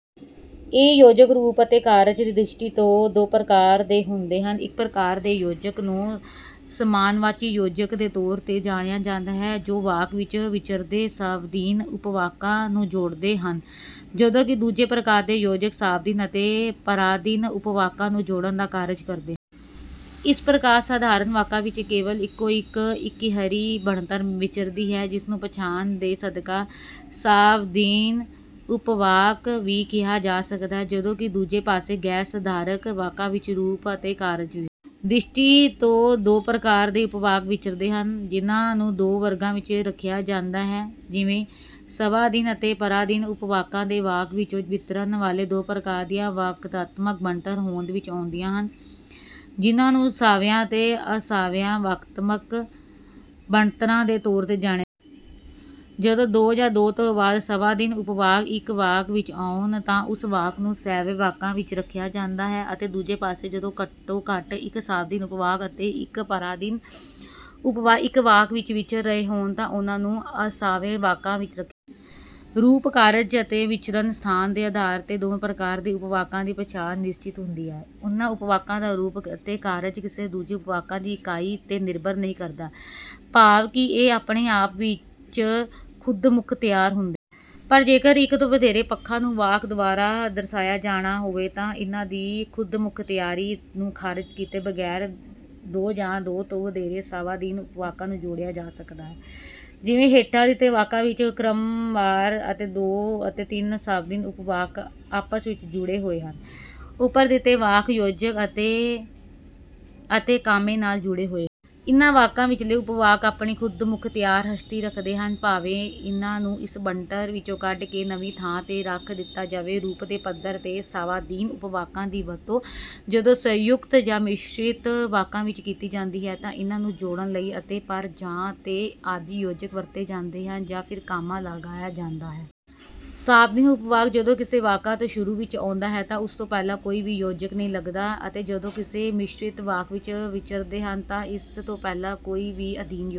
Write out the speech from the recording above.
ਇਹ ਯੋਜਕ ਰੂਪ ਅਤੇ ਕਾਰਜ ਦੀ ਦ੍ਰਿਸ਼ਟੀ ਤੋਂ ਦੋ ਪ੍ਰਕਾਰ ਦੇ ਹੁੰਦੇ ਹਨ। ਇੱਕ ਪ੍ਰਕਾਰ ਦੇ ਯੋਜਕ ਨੂੰ ਸਮਾਨਵਾਚੀ ਯੋਜਕ ਦੇ ਤੌਰ 'ਤੇ ਜਾਣਿਆ ਜਾਂਦਾ ਹੈ, ਜੋ ਵਾਕ ਵਿੱਚ ਵਿਚਰਦੇ ਸਾਵਧੀਨ ਉਪਵਾਕਾਂ ਨੂੰ ਜੋੜਦੇ ਹਨ, ਜਦੋਂ ਕਿ ਦੂਜੀ ਪ੍ਰਕਾਰ ਦੇ ਯੋਜਕ ਸਾਵਧੀਨ ਅਤੇ ਪਰਾਧੀਨ ਉਪਵਾਕਾਂ ਨੂੰ ਜੋੜਨ ਦਾ ਕਾਰਜ ਕਰਦੇ। ਇਸ ਪ੍ਰਕਾਰ ਸਧਾਰਨ ਵਾਕਾਂ ਵਿੱਚ ਕੇਵਲ ਇੱਕੋ-ਇੱਕ ਇਕਹਿਰੀ ਬਣਤਰ ਵਿਚਰਦੀ ਹੈ, ਜਿਸਨੂੰ ਪਛਾਣ ਦੇ ਸਦਕਾ ਸਾਵਧੀਨ ਉਪਵਾਕ ਵੀ ਕਿਹਾ ਜਾ ਸਕਦਾ ਹੈ, ਜਦੋਂ ਕਿ ਦੂਜੇ ਪਾਸੇ ਗੈਰ-ਸਧਾਰਨ ਵਾਕਾਂ ਵਿੱਚ ਰੂਪ ਅਤੇ ਕਾਰਜ ਦੀ ਦ੍ਰਿਸ਼ਟੀ ਤੋਂ ਦੋ ਪ੍ਰਕਾਰ ਦੇ ਉਪਵਾਕ ਵਿਚਰਦੇ ਹਨ, ਜਿਨ੍ਹਾਂ ਨੂੰ ਦੋ ਵਰਗਾਂ ਵਿੱਚ ਰੱਖਿਆ ਜਾਂਦਾ ਹੈ, ਜਿਵੇਂ; ਸਵਾਧੀਨ ਅਤੇ ਪਰਾਧੀਨ ਉਪਵਾਕਾਂ ਦੇ ਵਾਕ ਵਿੱਚ ਵਿਚਰਨ ਨਾਲ ਦੋ ਪ੍ਰਕਾਰ ਦੀਆਂ ਵਾਕਾਤਮਕ ਬਣਤਰਾਂ ਹੋਂਦ ਵਿੱਚ ਆਉਂਦੀਆਂ ਹਨ, ਜਿਨ੍ਹਾਂ ਨੂੰ ਸਾਵੀਆਂ ਅਤੇ ਅਸਾਵੀਆਂ ਵਾਕਾਤਮਕ ਬਣਤਰਾਂ ਦੇ ਤੌਰ 'ਤੇ ਜਾਣਿਆ ਜਦੋਂ ਦੋ ਜਾਂ ਦੋ ਤੋਂ ਵੱਧ ਸਵਾਧੀਨ ਉਪਵਾਕ ਇੱਕ ਵਾਕ ਵਿੱਚ ਆਉਣ ਤਾਂ ਉਸ ਵਾਕ ਨੂੰ ਸਾਵੇਂ ਵਾਕਾਂ ਵਿੱਚ ਰੱਖਿਆ ਜਾਂਦਾ ਹੈ, ਅਤੇ ਦੂਜੇ ਪਾਸੇ ਜਦੋਂ ਘੱਟੋ-ਘੱਟ ਇੱਕ ਸਾਵਧੀਨ ਉਪਵਾਕ ਅਤੇ ਇੱਕ ਪਰਾਧੀਨ ਉਪਵਾਕ ਇੱਕ ਵਾਕ ਵਿੱਚ ਵਿਚਰ ਰਹੇ ਹੋਣ ਤਾਂ ਉਨ੍ਹਾਂ ਨੂੰ ਅਸਾਵੇਂ ਵਾਕਾਂ ਵਿੱਚ ਰੱਖਿਆ ਰੂਪ, ਕਾਰਜ ਅਤੇ ਵਿਚਰਨ ਸਥਾਨ ਦੇ ਆਧਾਰ 'ਤੇ ਦੋਵੇਂ ਪ੍ਰਕਾਰ ਦੇ ਉਪਵਾਕਾਂ ਦੀ ਪਛਾਣ ਨਿਸ਼ਚਿਤ ਹੁੰਦੀ ਹੈ। ਇਨ੍ਹਾਂ ਉਪਵਾਕਾਂ ਦਾ ਰੂਪ ਅਤੇ ਕਾਰਜ ਕਿਸੇ ਦੂਜੇ ਉਪਵਾਕ ਜਾਂ ਇਕਾਈ 'ਤੇ ਨਿਰਭਰ ਨਹੀਂ ਕਰਦਾ, ਭਾਵ ਕਿ ਇਹ ਆਪਣੇ ਆਪ ਵਿੱਚ ਖ਼ੁਦਮੁਖਤਿਆਰ ਹੁੰਦੇ ਹਨ। ਪਰ ਜੇਕਰ ਇੱਕ ਤੋਂ ਵਧੇਰੇ ਪੱਖਾਂ ਨੂੰ ਵਾਕ ਦੁਆਰਾ ਦਰਸਾਇਆ ਜਾਣਾ ਹੋਵੇ ਤਾਂ ਇਨ੍ਹਾਂ ਦੀ ਖ਼ੁਦਮੁਖਤਿਆਰੀ ਨੂੰ ਖਾਰਜ ਕੀਤੇ ਬਗੈਰ ਦੋ ਜਾਂ ਦੋ ਤੋਂ ਵਧੇਰੇ ਸਵਾਧੀਨ ਉਪਵਾਕਾਂ ਨੂੰ ਜੋੜਿਆ ਜਾ ਸਕਦਾ ਹੈ; ਜਿਵੇਂ ਹੇਠਾਂ ਦਿੱਤੇ ਵਾਕਾਂ ਵਿੱਚ ਕ੍ਰਮਵਾਰ ਦੋ ਅਤੇ ਤਿੰਨ ਸਵਾਧੀਨ ਉਪਵਾਕ ਆਪਸ ਵਿੱਚ ਜੁੜੇ ਹੋਏ ਹਨ; ਉੱਪਰ ਦਿੱਤੇ ਵਾਕ ਯੋਜਕ ਅਤੇ ਅਤੇ ਕਾਮੇ ਨਾਲ ਜੁੜੇ ਹੋਏ ਹਨ। ਇਨ੍ਹਾਂ ਵਾਕਾਂ ਵਿਚਲੇ ਉਪਵਾਕ ਆਪਣੀ ਖ਼ੁਦਮੁਖਤਿਆਰ ਹਸਤੀ ਰੱਖਦੇ ਹਨ, ਭਾਵੇਂ ਇਨ੍ਹਾਂ ਨੂੰ ਇਸ ਬਣਤਰ ਵਿੱਚੋਂ ਕੱਢ ਕੇ ਨਵੀਂ ਥਾਂ 'ਤੇ ਰੱਖ ਦਿੱਤਾ ਜਾਵੇ। ਰੂਪ ਦੇ ਪੱਧਰ 'ਤੇ ਸਵਾਧੀਨ ਉਪਵਾਕਾਂ ਦੀ ਵਰਤੋਂ ਜਦੋਂ ਸੰਯੁਕਤ ਜਾਂ ਮਿਸ਼ਰਿਤ ਵਾਕਾਂ ਵਿੱਚ ਕੀਤੀ ਜਾਂਦੀ ਹੈ ਤਾਂ ਇਨ੍ਹਾਂ ਨੂੰ ਜੋੜਨ ਲਈ ਅਤੇ, ਪਰ, ਜਾਂ, ਤੇ ਆਦਿ ਯੋਜਕ ਵਰਤੇ ਜਾਂਦੇ ਹਨ ਜਾਂ ਫਿਰ ਕਾਮਾ ਲਗਾਇਆ ਜਾਂਦਾ ਹੈ। ਸਾਵਧੀਨ ਉਪਵਾਕ ਜਦੋਂ ਕਿਸੇ ਵਾਕ ਦੇ ਸ਼ੁਰੂ ਵਿੱਚ ਆਉਂਦਾ ਹੈ ਤਾਂ ਉਸ ਤੋਂ ਪਹਿਲਾਂ ਕੋਈ ਵੀ ਯੋਜਕ ਨਹੀਂ ਲਗਦਾ, ਅਤੇ ਜਦੋਂ ਕਿਸੇ ਮਿਸ਼ਰਿਤ ਵਾਕ ਵਿੱਚ ਵਿਚਰਦੇ ਹਨ ਤਾਂ ਇਸ ਤੋਂ ਪਹਿਲਾਂ ਕੋਈ ਵੀ ਅਧੀਨ ਯੋਜਕ